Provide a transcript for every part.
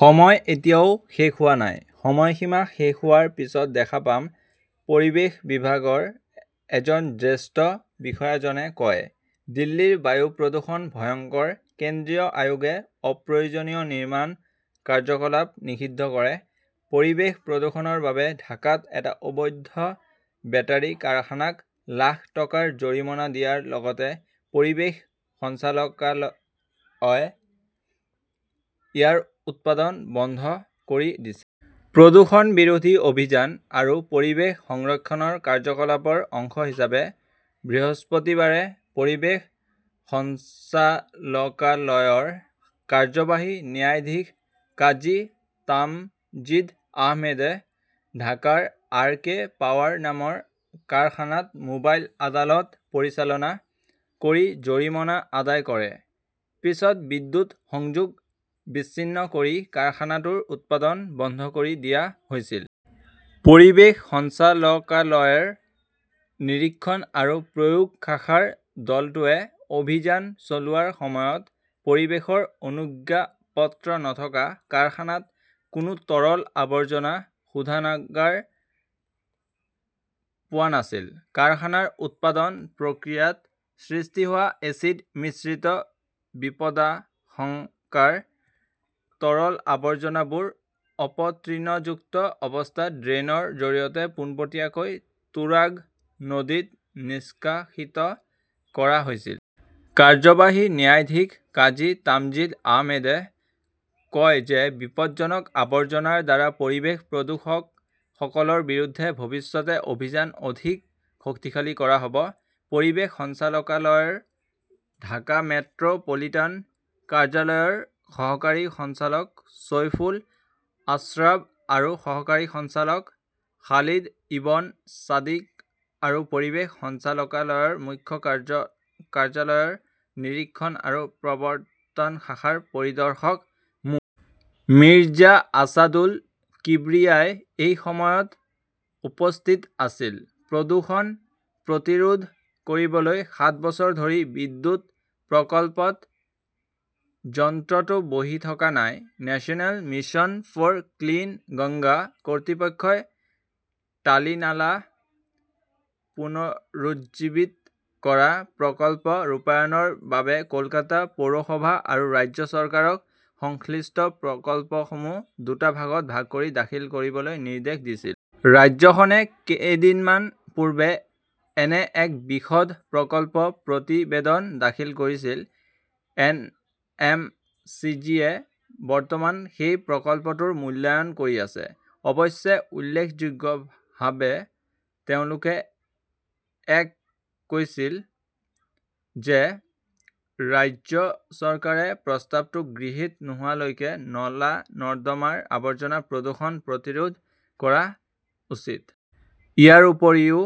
"সময় এতিয়াও শেষ হোৱা নাই। সময়সীমা শেষ হোৱাৰ পিছত দেখা পাম ", পৰিৱেশ বিভাগৰ এজন জ্যেষ্ঠ বিষয়াজনে কয়। দিল্লীৰ বায়ু প্ৰদূষণ ভয়ংকৰ, কেন্দ্ৰীয় আয়োগে অপ্ৰয়োজনীয় নিৰ্মাণ কাৰ্যকলাপ নিষিদ্ধ কৰে পৰিৱেশ প্ৰদূষণৰ বাবে ঢাকাত এটা অবৈধ বেটাৰী কাৰখানাক লাখ টকাৰ জৰিমনা দিয়াৰ লগতে পৰিৱেশ সঞ্চালকালয়ই ইয়াৰ উৎপাদন বন্ধ কৰি দিছে। প্ৰদূষণ বিৰোধী অভিযান আৰু পৰিৱেশ সংৰক্ষণ কাৰ্যকলাপৰ অংশ হিচাপে বৃহস্পতিবাৰে পৰিৱেশ সঞ্চালকালয়ৰ কাৰ্যবাহী ন্যায়াধীশ কাজী তামজিদ আহমেদে ঢাকাৰ আৰ. কে. পাৱাৰ নামৰ কাৰখানাত মোবাইল আদালত পৰিচালনা কৰি জৰিমনা আদায় কৰে। পিছত বিদ্যুৎ সংযোগ বিচ্ছিন্ন কৰি কাৰখানাটোৰ উৎপাদন বন্ধ কৰি দিয়া হৈছিল। পৰিৱেশ সঞ্চালকালয়ৰ নিৰীক্ষণ আৰু প্ৰয়োগ শাখাৰ দলটোৱে অভিযান চলোৱাৰ সময়ত পৰিৱেশৰ অনুজ্ঞাপত্ৰ নথকা কাৰখানাত কোনো তৰল আৱৰ্জনা শোধনাগাৰ পোৱা নাছিল। কাৰখানাৰ উৎপাদন প্ৰক্ৰিয়াত সৃষ্টি হোৱা এচিড-মিশ্ৰিত বিপদাশংকাৰ তৰল আৱৰ্জনাবোৰ অপতৃণযুক্ত অৱস্থাত ড্ৰেইনৰ জৰিয়তে পোনপটীয়াকৈ তুৰাগ নদীত নিষ্কাশিত কৰা হৈছিল। কাৰ্যবাহী ন্যায়াধীশ কাজী তামজিদ আহমেদে কয় যে বিপদজনক আৱৰ্জনাৰ দ্বাৰা পৰিৱেশ প্ৰদূষকসকলৰ বিৰুদ্ধে ভৱিষ্যতে অভিযান অধিক শক্তিশালী কৰা হ 'ব। পৰিৱেশ সঞ্চালকালয়ৰ ঢাকা মেট্ৰ 'পলিটান কাৰ্যালয়ৰ সহকাৰী সঞ্চালক চৈফুল আশ্ৰাব আৰু সহকাৰী সঞ্চালক খালিদ ইবন ছাদিক আৰু পৰিৱেশ সঞ্চালকালয়ৰ মুখ্য কাৰ্যালয়ৰ নিৰীক্ষণ আৰু প্ৰবৰ্ত্তন শাখাৰ পৰিদৰ্শক মো. মিৰ্জা আছাদুল কিব্ৰিয়াই এই সময়ত উপস্থিত আছিল। প্ৰদূষণ প্ৰতিৰোধ কৰিবলৈ সাত বছৰ ধৰি বিদ্যুৎ প্ৰকল্পত যন্ত্ৰটো বহি থকা নাই 'National Mission for Clean Ganga " কৰ্তৃপক্ষই টালি নালা পুনৰুজ্জীৱিত কৰা প্ৰকল্প ৰূপায়ণৰ বাবে কলকাতা পৌৰসভা আৰু ৰাজ্য চৰকাৰক সংশ্লিষ্ট প্ৰকল্পসমূহ দুটা ভাগত ভাগ কৰি দাখিল কৰিবলৈ নিৰ্দেশ দিছিল। ৰাজ্যখনে কেইদিনমান পূৰ্বে এনে এক বিশদ প্ৰকল্প প্ৰতিবেদন দাখিল কৰিছিল। এন. এম. চি. জি. -য়ে বৰ্তমান সেই প্ৰকল্পটোৰ মূল্যায়ন কৰি আছে। অৱশ্যে, উল্লেখযোগ্যভাৱে তেওঁলোকে এ-ক কৈছিল যে ৰাজ্য চৰকাৰে প্ৰস্তাৱটো গৃহীত নোহোৱালৈকে নলা-নৰ্দমাৰ আৱৰ্জনা-প্ৰদূষণ প্ৰতিৰোধ কৰা উচিত। ইয়াৰ উপৰিও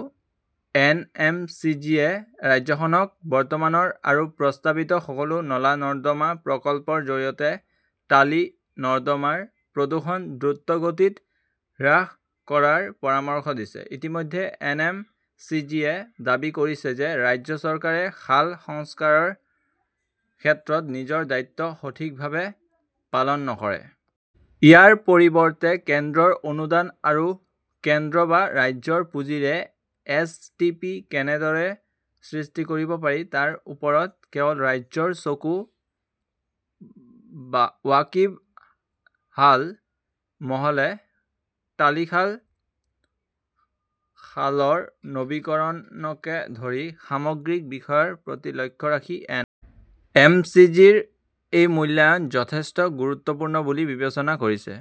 এন. এম. চি. জি. -য়ে ৰাজ্যখনক বৰ্তমানৰ আৰু প্ৰস্তাৱিত সকলো নলা-নৰ্দমা প্ৰকল্প -ৰ জৰিয়তে টালি নৰ্দমাৰ প্ৰদূষণ দ্ৰুতগতিত হ্ৰাস কৰাৰ পৰামৰ্শ দিছে। ইতিমধ্যে, এন. এম. চি. জি. -য়ে দাবী কৰিছে যে ৰাজ্য চৰকাৰে খাল সংস্কাৰৰ ক্ষেত্ৰত নিজৰ দায়িত্ব সঠিকভাৱে পালন নকৰে। ইয়াৰ পৰিৱৰ্তে, কেন্দ্ৰৰ অনুদান আৰু কেন্দ্ৰ বা ৰাজ্যৰ পুঁজিৰে এছ. টি. পি. কেনেদৰে সৃষ্টি কৰিব পাৰি তাৰ ওপৰত কেৱল 'ৰাজ্যৰ "চকু আছে। ৱাকিবহাল মহলে টালি খাল, খালৰ নৱীকৰণকে ধৰি সামগ্ৰিক বিষয়ৰ প্ৰতি লক্ষ্য ৰাখি এন. এম. চি. জি. -ৰ এই মূল্যায়ন যথেষ্ট 'গুৰুত্বপূৰ্ণ "বুলি বিবেচনা কৰিছে।